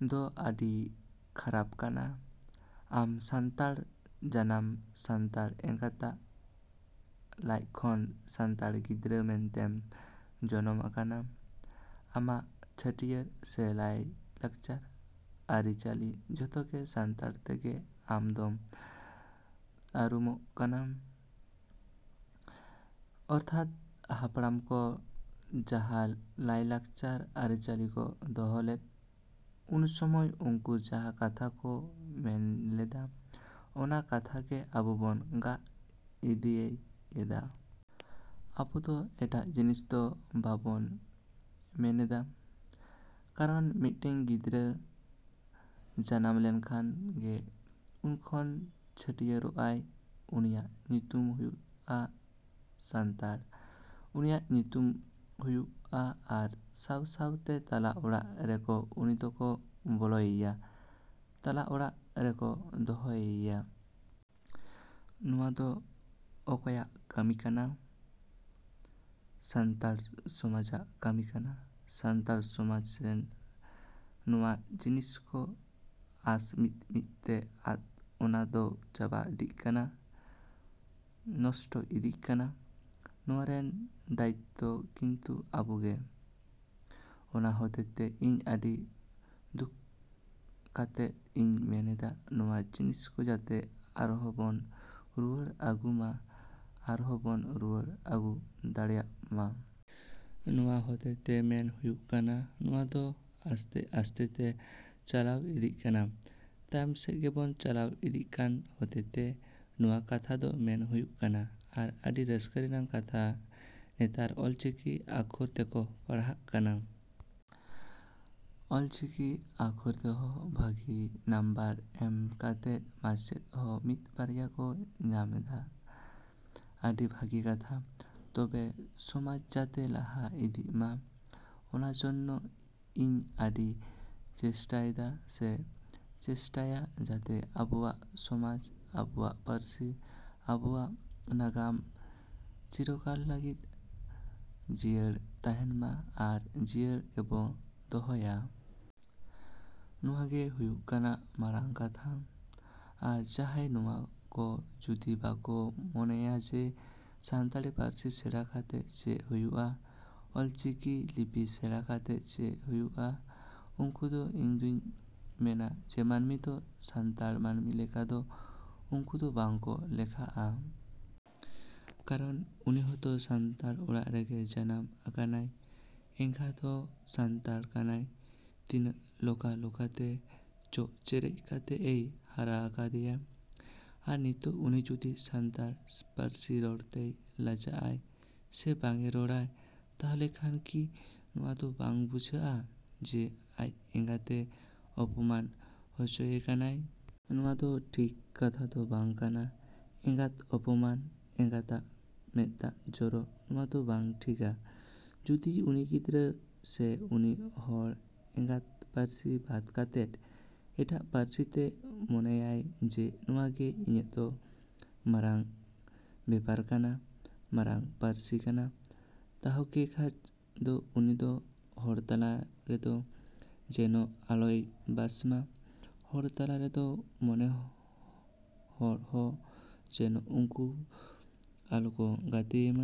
‎ᱫᱚ ᱟᱹᱰᱤ ᱠᱷᱟᱨᱟᱯ ᱠᱟᱱᱟ᱾ ᱟᱢ ᱥᱟᱱᱛᱟᱲ ᱠᱟᱱᱟᱢ, ᱥᱟᱱᱛᱟᱲ ᱮᱸᱜᱟᱛᱟᱜ ᱞᱟᱡ ᱠᱷᱚᱱ ᱥᱟᱱᱛᱟᱲ ᱜᱤᱫᱽᱨᱟᱹ ᱢᱮᱱᱛᱮᱢ ᱡᱚᱱᱢᱚ ᱟᱠᱟᱱᱟ᱾ ᱟᱢᱟᱜ ᱪᱷᱟᱹᱴᱭᱟᱹᱨ ᱥᱮ ᱞᱟᱭ ᱞᱟᱠᱪᱟᱨ, ᱟᱹᱨᱤ ᱪᱟᱹᱞᱤ ᱡᱚᱛᱚ ᱜᱮ ᱥᱟᱱᱛᱟᱲ ᱛᱮᱜᱟ ᱟᱢ ᱫᱚᱢ ᱟᱨᱩᱢᱚᱜ ᱠᱟᱱᱟ᱾ ᱚᱨᱛᱷᱟᱛ ᱦᱟᱯᱲᱟᱢ ᱠᱚ ᱡᱟᱦᱟᱸ ᱞᱟᱭ ᱞᱟᱠᱪᱟᱨ, ᱟᱹᱨᱤ ᱪᱟᱹᱞᱤ ᱠᱚ ᱫᱚᱦᱚ ᱞᱮᱫᱟ ᱩᱱ ᱥᱚᱢᱚᱭ ᱩᱱᱠᱩ ᱡᱟᱦᱟᱸ ᱠᱟᱛᱷᱟ ᱠᱚ ᱢᱮᱱ ᱞᱮᱫᱟ ᱚᱱᱟ ᱠᱟᱛᱷᱟ ᱜᱮ ᱟᱵᱚ ᱵᱚᱱ ᱜᱟᱜ ᱤᱫᱤᱭ ᱮᱫᱟ᱾ ᱟᱵᱚᱫᱚ ᱮᱴᱟᱜ ᱡᱤᱱᱤᱥ ᱫᱚ ᱵᱟᱵᱚᱱ ᱢᱮᱱᱮᱫᱟ᱾ ᱠᱟᱨᱚᱱ ᱢᱤᱫᱴᱤᱡ ᱜᱤᱫᱽᱨᱟᱹ ᱡᱟᱱᱟᱢ ᱞᱮᱱ ᱠᱷᱟᱡ ᱜᱮ ᱩᱱ ᱡᱚᱠᱷᱚᱱ ᱪᱷᱟᱹᱴᱭᱟᱹᱨᱚᱜᱼᱟᱭ ᱩᱱᱤᱭᱟᱜ ᱧᱩᱛᱩᱢ ᱦᱩᱭᱩᱜᱼᱟ ᱥᱟᱱᱛᱟᱲ, ᱩᱱᱤᱭᱟᱜ ᱧᱩᱛᱩᱢ ᱦᱩᱭᱩᱜᱼᱟ ᱟᱨ ᱥᱟᱶᱼᱥᱟᱶᱛᱮ ᱛᱟᱞᱟ ᱚᱲᱟᱜ ᱨᱮᱠᱚ ᱩᱱᱤ ᱫᱚᱠᱚ ᱵᱚᱞᱚᱭᱮᱭᱟ, ᱛᱟᱞᱟ ᱚᱲᱟᱜ ᱨᱮᱠᱚ ᱫᱚᱦᱚᱭᱮᱭᱟ᱾ ᱱᱚᱣᱟ ᱫᱚ ᱚᱠᱚᱭᱟᱜ ᱠᱟᱹᱢᱤ ᱠᱟᱱᱟ? ᱥᱟᱱᱛᱟᱲ ᱥᱚᱢᱟᱡᱟᱜ ᱠᱟᱹᱢᱤ ᱠᱟᱱᱟ᱾ ᱥᱟᱱᱛᱟᱲ ᱥᱚᱢᱟᱡᱽ ᱨᱮ ᱱᱚᱣᱟ ᱡᱤᱱᱤᱥ ᱠᱚ ᱟᱥ ᱢᱤᱫᱼᱢᱤᱫᱛᱮ ᱟᱫᱚ ᱚᱱᱟ ᱫᱚ ᱪᱟᱵᱟ ᱤᱫᱤᱜ ᱠᱟᱱᱟ, ᱱᱚᱥᱴᱚ ᱤᱫᱤᱜ ᱠᱟᱱᱟ᱾ ᱱᱚᱣᱟ ᱨᱮᱱ ᱫᱟᱹᱭᱤᱛᱛᱚ ᱠᱤᱱᱛᱩ ᱟᱵᱚ ᱜᱮ᱾ ᱚᱱᱟ ᱦᱚᱛᱮᱛᱮ ᱤᱧ ᱟᱹᱰᱤ ᱫᱩᱠᱠᱷᱚ ᱠᱟᱛᱮᱫ ᱤᱧ ᱢᱮᱱᱮᱫᱟ ᱱᱚᱣᱟ ᱡᱤᱱᱤᱥ ᱠᱚ ᱡᱟᱛᱮ ᱟᱨᱦᱚᱸ ᱵᱚᱱ ᱨᱩᱣᱟᱹᱲ ᱟᱹᱜᱩᱭ ᱢᱟ, ᱟᱨᱦᱚᱸ ᱵᱚᱱ ᱨᱩᱣᱟᱹᱲ ᱟᱹᱜᱩ ᱫᱟᱲᱮᱭᱟᱜ ᱢᱟ᱾ ᱱᱚᱣᱟ ᱦᱚᱛᱮᱛᱮ ᱢᱮᱱ ᱦᱩᱭᱩᱜ ᱠᱟᱱᱟ ᱱᱚᱣᱟ ᱫᱚ ᱟᱥᱛᱮᱼᱟᱥᱛᱮᱛᱮ ᱪᱟᱞᱟᱣ ᱤᱫᱤᱜ ᱠᱟᱱᱟ᱾ ᱛᱟᱭᱚᱢ ᱥᱮᱫ ᱜᱮᱵᱚᱱ ᱪᱟᱞᱟᱣ ᱤᱫᱤᱜ ᱠᱟᱱ ᱦᱚᱛᱮᱡᱛᱮ ᱱᱚᱣᱟ ᱠᱟᱛᱷᱟ ᱫᱚ ᱢᱮᱱ ᱦᱩᱭᱩᱜ ᱠᱟᱱᱟ᱾ ᱟᱨ ᱟᱹᱰᱤ ᱨᱟᱹᱥᱠᱟᱹ ᱨᱮᱱᱟᱜ ᱠᱟᱛᱷᱟ ᱱᱮᱛᱟᱨ ᱚᱞ ᱪᱤᱠᱤ ᱟᱠᱷᱚᱨ ᱛᱮᱠᱚ ᱯᱟᱲᱦᱟᱜ ᱠᱟᱱᱟ᱾ ᱚᱞ ᱪᱤᱠᱤ ᱟᱠᱷᱚᱨ ᱛᱮᱦᱚᱸ ᱵᱷᱟᱹᱜᱤ ᱱᱟᱢᱵᱟᱨ ᱮᱢ ᱠᱟᱛᱮ ᱢᱟᱪᱮᱫ ᱦᱚᱸ ᱢᱤᱫ ᱵᱟᱨᱭᱟ ᱠᱚ ᱧᱟᱢᱮᱫᱟ᱾ ᱟᱹᱰᱤ ᱵᱷᱟᱹᱜᱤ ᱠᱟᱛᱷᱟ᱾ ᱛᱚᱵᱮ ᱥᱚᱢᱟᱡᱽ ᱡᱟᱛᱮ ᱞᱟᱦᱟ ᱤᱫᱤᱜ ᱢᱟ ᱚᱱᱟ ᱡᱚᱱᱱᱚ ᱤᱧ ᱟᱹᱰᱤᱧ ᱪᱮᱥᱴᱟᱭᱮᱫᱟ ᱥᱮ ᱪᱮᱥᱴᱟᱭᱟ ᱡᱟᱛᱮ ᱟᱵᱚᱣᱟᱜ ᱥᱚᱢᱟᱡᱽ, ᱟᱵᱚᱣᱟᱜ ᱯᱟᱹᱨᱥᱤ, ᱟᱵᱚᱣᱟᱜ ᱱᱟᱜᱟᱢ ᱪᱤᱨᱚᱠᱟᱞ ᱞᱟᱹᱜᱤᱫ ᱡᱤᱭᱟᱹᱲ ᱛᱟᱦᱮᱱ ᱢᱟ ᱟᱨ ᱡᱤᱭᱟᱹᱲ ᱜᱮᱵᱚ ᱫᱚᱦᱚᱭᱟ᱾ ᱱᱚᱣᱟ ᱜᱮ ᱦᱩᱭᱩᱜ ᱠᱟᱱᱟ ᱢᱟᱨᱟᱝ ᱠᱟᱛᱷᱟ᱾ ᱟᱨ ᱡᱟᱦᱟᱸᱭ ᱱᱚᱣᱟ ᱠᱚ ᱡᱩᱫᱤ ᱵᱟᱠᱚ ᱢᱚᱱᱮᱭᱟ ᱡᱮ ᱥᱟᱱᱛᱟᱲ ᱯᱟᱹᱨᱥᱤ ᱥᱮᱬᱟ ᱠᱟᱛᱮᱫ ᱪᱮᱫ ᱦᱩᱭᱩᱜᱼᱟ, ᱚᱞ ᱪᱤᱠᱤ ᱞᱤᱯᱤ ᱥᱮᱬᱟ ᱠᱟᱛᱮ ᱪᱮᱫ ᱦᱩᱭᱩᱜᱼᱟ, ᱩᱱᱠᱩ ᱫᱚ ᱤᱧᱫᱩᱧ ᱢᱮᱱᱟ ᱢᱟᱹᱱᱢᱤ ᱫᱚ ᱥᱟᱱᱛᱟᱲ ᱢᱟᱹᱱᱢᱤ ᱞᱮᱠᱟ ᱫᱚ ᱩᱱᱠᱩ ᱫᱚ ᱵᱟᱝ ᱠᱚ ᱞᱮᱠᱷᱟᱜᱼᱟ᱾ ᱠᱟᱨᱚᱱ ᱩᱱᱤ ᱦᱚᱛᱚ ᱥᱟᱱᱛᱟᱲ ᱚᱲᱟᱜ ᱨᱮᱜᱮ ᱡᱟᱱᱟᱢ ᱟᱠᱟᱱᱟᱭ᱾ ᱮᱸᱜᱟᱛ ᱦᱚᱸ ᱥᱟᱱᱛᱟᱲ ᱠᱟᱱᱟᱭ, ᱛᱤᱱᱟᱹᱜ ᱞᱚᱠᱟᱼᱞᱚᱠᱟ ᱛᱮ ᱪᱚᱜ ᱪᱮᱨᱮᱡ ᱠᱟᱛᱮᱫ ᱮᱭ ᱦᱟᱨᱟ ᱟᱠᱟᱫᱮᱭᱟᱭ᱾ ᱟᱨ ᱱᱤᱛᱚᱜ ᱩᱱᱤ ᱡᱩᱫᱤ ᱥᱟᱱᱛᱟᱲ ᱯᱟᱹᱨᱥᱤ ᱨᱚᱲ ᱛᱮᱭ ᱞᱟᱡᱟᱜᱼᱟᱭ ᱥᱮ ᱵᱟᱝᱼᱮ ᱨᱚᱲᱟ ᱛᱟᱦᱚᱞᱮ ᱠᱷᱟᱱ ᱠᱤ ᱱᱚᱣᱟ ᱫᱚ ᱵᱟᱝ ᱵᱩᱡᱷᱩᱜᱚᱜᱼᱟ ᱡᱮ ᱟᱡ ᱮᱸᱜᱟᱛᱮ ᱚᱯᱚᱢᱟᱱ ᱚᱪᱚᱭᱮ ᱠᱟᱱᱟᱭ? ᱱᱚᱣᱟ ᱫᱚ ᱴᱷᱤᱠ ᱠᱟᱛᱷᱟ ᱫᱚ ᱵᱟᱝ ᱠᱟᱱᱟ᱾ ᱮᱸᱜᱟᱛ ᱚᱯᱚᱢᱟᱱ, ᱮᱸᱜᱟᱛᱟᱜ ᱢᱮᱫᱟᱜ ᱡᱚᱨᱚ ᱱᱚᱣᱟ ᱫᱚ ᱵᱟᱝ ᱴᱷᱤᱠᱟ᱾ ᱡᱩᱫᱤ ᱩᱱᱤ ᱜᱤᱫᱽᱨᱟᱹ ᱥᱮ ᱩᱱᱤ ᱦᱚᱲ ᱮᱸᱜᱟᱛ ᱯᱟᱹᱨᱥᱤ ᱵᱟᱫ ᱠᱟᱛᱮᱫ ᱮᱴᱟᱜ ᱯᱟᱹᱨᱥᱤ ᱛᱮ ᱢᱚᱱᱮᱭᱟᱭ ᱡᱮ ᱱᱚᱣᱟ ᱜᱮ ᱤᱧᱟᱹᱝ ᱫᱚ ᱢᱟᱨᱟᱝ ᱵᱮᱯᱟᱨ ᱠᱟᱱᱟ, ᱢᱟᱨᱟᱝ ᱯᱟᱹᱨᱥᱤ ᱠᱟᱱᱟ ᱛᱟᱦᱚᱠᱮ ᱠᱷᱟᱡ ᱫᱚ ᱩᱱᱤ ᱫᱚ ᱦᱚᱲ ᱛᱟᱞᱟ ᱨᱮᱫᱚ ᱡᱮᱱᱚ ᱟᱞᱚᱭ ᱵᱟᱥ ᱢᱟ, ᱦᱚᱲ ᱛᱟᱞᱟ ᱨᱮᱫᱚ ᱡᱮᱱᱚ ᱦᱚᱲ ᱦᱚᱸ ᱡᱮᱱᱚ ᱩᱱᱠᱩ ᱟᱞᱚᱠᱚ ᱜᱟᱛᱮᱭᱮᱢᱟ᱾।